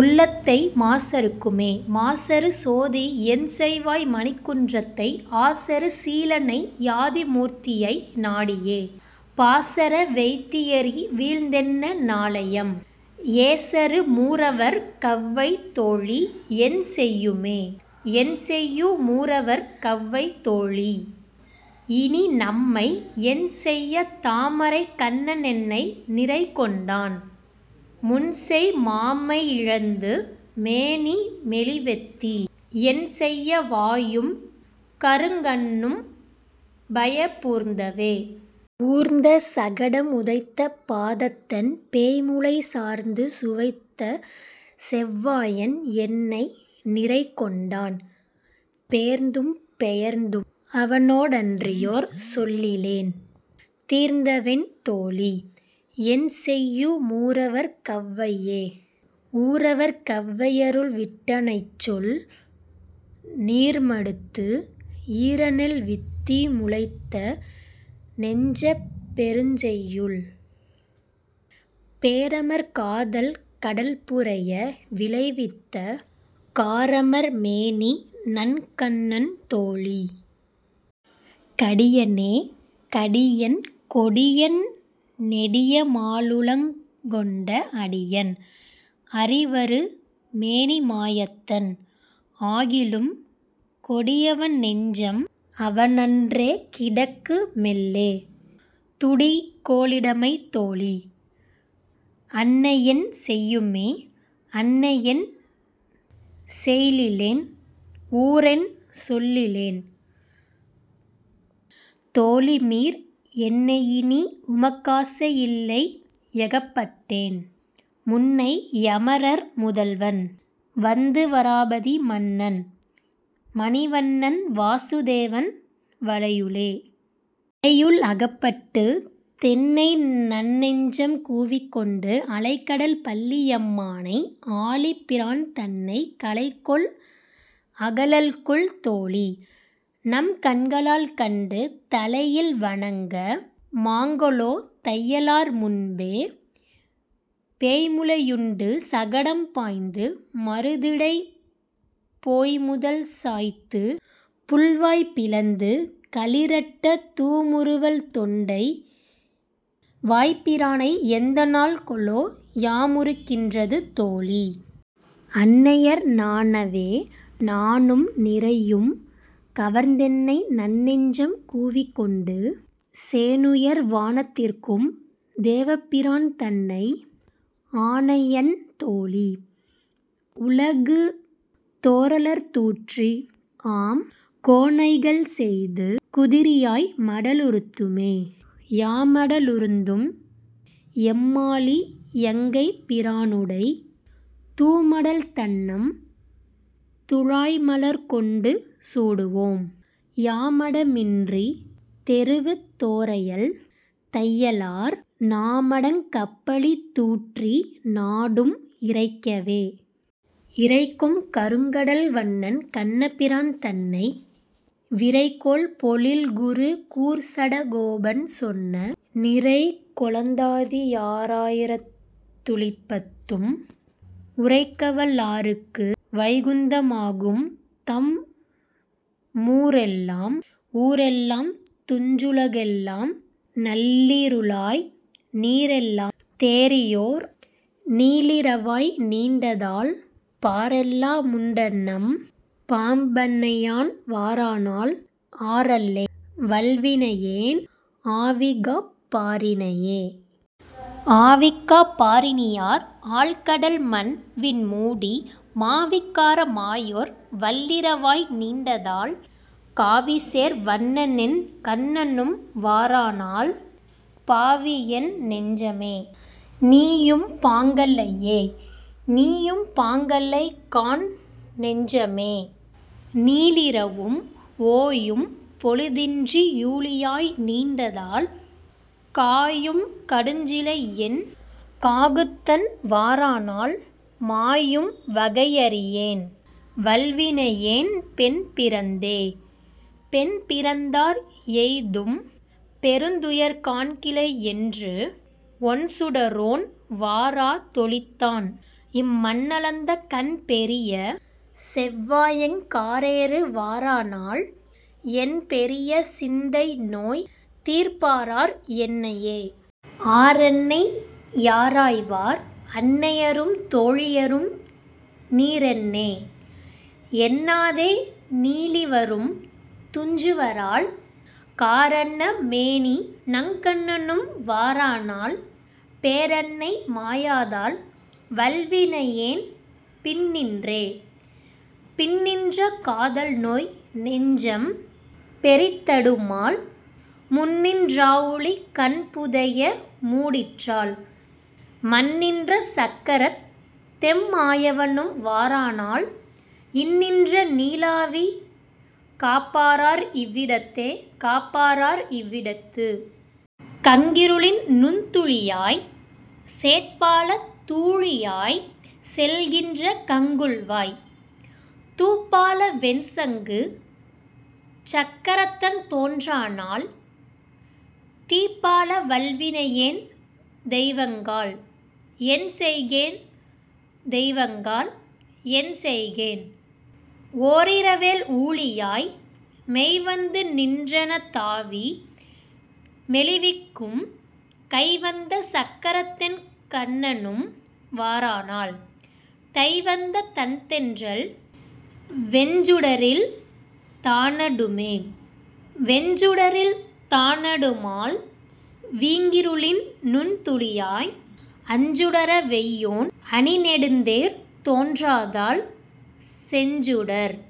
உள்ளத்தை மாசறுக் கும்மே. மாசறு சோதியென் செய்ய வாய்மணிக் குன்றத்தை ஆசறு சீலனை யாதி மூர்த்தியை நாடியே, பாசற வெய்தி யறிவிழந் தெனைநா ளையம்?, ஏசறு மூரவர் கவ்வை தோழீ. என்செய்யுமே?. என்செய்யு மூரவர் கவ்வை தோழீ. இனிநம்மை, என்செய்ய தாமரைக் கண்ண னென்னை நிறைகொண்டான், முன்செய்ய மாமை யிழந்து மேனி மெலிவெய்தி, என்செய்ய வாயும் கருங்கண் ணும்பயப் பூர்ந்தவே.. ஊர்ந்த சகடம் உதைத்தபாதத்தன், பேய்முலை சார்ந்து சுவைத்த செவ்வாயன் என்னை நிறைகொண்டான், பேர்ந்தும் பெயர்ந்தும் அவனோடன்றியோர் சொல்லிலேன், தீர்ந்தவென் தோழீ. என்செய்யு மூரவர் கவ்வையே?. ஊரவர் கவ்வை யெருவிட்டன்னைசொல் நீர்மடுத்து, ஈரநெல் வித்தி முளைத்த நெஞ்சப் பெருஞ்செய்யுள், பேரமர் காதல் கடல்புரைய விளைவித்த, காரமர் மேனிநங் கண்ணன் தோழீ. கடியனே.. கடியன் கொடியன் நெடியமாலுல கங்கொண்ட அடியன், அறிவரு மேனிமாயத்தன், ஆகிலும் கொடியவென் னெஞ்சம் அவனென்றே கிடக்கு மெல்லே, துடிகொ ளிடைமடத் தோழீ. அன்னையென் செய்யுமே?. அன்னையென் செய்யிலென் ஊரென் சொல்லிலென் தோழிமீர், என்னை யினியுமக் காசை யில்லை யகப்பட்டேன், முன்னை யமரர் முதல்வன் வண்துவ ராபதி மன்னன், மணிவண் ணன்வாசு தேவன் வலையுளே.. வலையுள் அகப்பட்டுத் தென்னைநன் நெஞ்சம் கூவிக்கொண்டு, அலைகடல் பள்ளி யம்மானை ஆழிப் பிரான்தன்னை கலைகொள் அகலல்குல் தோழீ. நம்கண்க ளால்கண்டு தலையில் வணங்க மாங்கொலோ தையலார் முன்பே?. பேய்முலை யுண்டு சகடம் பாய்ந்து மருதிடைப் போய்முதல் சாய்த்து, புள்வாய் பிளந்து களிறட்ட, தூமுறு வல்தொண்டை, வாய்ப்பிரானையெந் நாள்கொலோ, யாமுறு கின்றது தோழீ. அன்னையர் நாணவே?. நாணும் நிறையும் கவர்ந்தென்னை நன்னெஞ்சம் கூவிக்கொண்டு, சேணுயர் வானத் திருக்கும் தேவ பிரான்தன்னை, ஆணையென் தோழீ. உலகு தோறலர் தூற்றி, ஆம் கோணைகள் செய்து குதிரியாய் மடலூர்துமே.. யாமட லூர்ந்தும் எம்மாழியங்கைப் பிரானுடை, தூமடல் தண்ணம் துழாய்மலர் கொண்டு சூடுவோம், யாமட மின்றித் தெருவு தோறயல் தையலார், நாமடங் கப்பழி தூற்றி நாடும் இரைக்கவே. இரைக்கும் கருங்கடல் வண்ணன் கண்ணபிரான்தன்னை, விரைக்கொள் பொழில்குரு கூர்ச்சட கோபன் சொன்ன, நிரைக்கொளந் தாதி யோரா யிரத்து ளிப்பத்தும், உரைக்கவல் லார்க்கு வைகுந்த மாகும்தம் மூரெல்லாம். ஊரெல்லாம் துஞ்சி யுலகெல்லாம் நள்ளிருளாய், நீரெல்லாம் தேறியோர் நீளிரவாய் நீண்டதால், பாரெல்லா முண்டநம் பாம்பணையான் வாரானால், ஆரெல்லே. வல்வினையேன் ஆவிகாப் பாரினையே?. ஆவிகாப் பாரினியார்? ஆழ்கடல்மண் விண்மூடி, மாவிகார மாயோர் வல்லிரவாய் நீண்டதால், காவிசேர் வண்ணனென் கண்ணனும் வாரானால், பாவியேன் நெஞ்சமே. நீயும்பாங் கல்லையே?. நீயும்பாங் கல்லைகாண் நெஞ்சமே. நீளிரவும், ஓயும் பொழுதின்றி யூழியாய் நீண்டதால், காயும் கடுஞ்சிலையென் காகுத்தன் வாரானால், மாயும் வகையறியேன் வல்வினையேன் பெண்பிறந்தே.. பெண்பிறந்தார் எய்தும் பெருந்துயர்காண் கிலேனென்று, ஒண்சுடரோன் வாரா தொளித்தான், இம் மண்ணளந்த கண்பெரிய செவ்வாயெங் காரேறு வாரானால், எண்பெரிய சிந்தைநோய் தீர்ப்பாரார் என்னையே?. ஆரென்னை யாராய்வார்? அன்னையரும் தோழியரும், நீரென்னே? என்னாதே நீளிரவும் துஞ்சுவரால், காரன்ன மேனிநங் கண்ணனும் வாரானால், பேரென்னை மாயாதால் வல்வினையேன் பின்நின்றே.. பின்நின்ற காதல்நோய் நெஞ்சம் பெரிதடுமால், முன்நின் றிராவூழி கண்புதைய மூடிற்றால், மன்னின்ற சக்கரத்தெம் மாயவனும் வாரானால், இந்நின்ற நீளாவி காப்பாரார் இவ்விடத்தே?. காப்பாரார் இவ்விடத்து? கங்கிருளின் நுண்துளியாய், சேட்பால தூழியாய்ச் செல்கின்ற கங்குல்வாய், தூப்பால வெண்சங்கு சக்கரத்தன் தோன்றானால், தீப்பால வல்வினையேன் தெய்வங்காள். என்செய்கேன்?. தெய்வங்காள். என்செய்கேன்? ஓரிரவேழ் ஊழியாய், மெய்வந்து நின்றென தாவி மெலிவிக்கும் கைவந்த சக்கரதென் கண்ணனும் வாரானால், தைவந்த தண்தென்றல் வெஞ்சுடரில் தானடுமே.. வெஞ்சுடரில் தானடுமால் வீங்கிருளின் நுண்துளியாய், அஞ்சுடர வெய்யோன் அணிநெடுந்தேர் தோன்றாதால், செஞ்சுடர்த்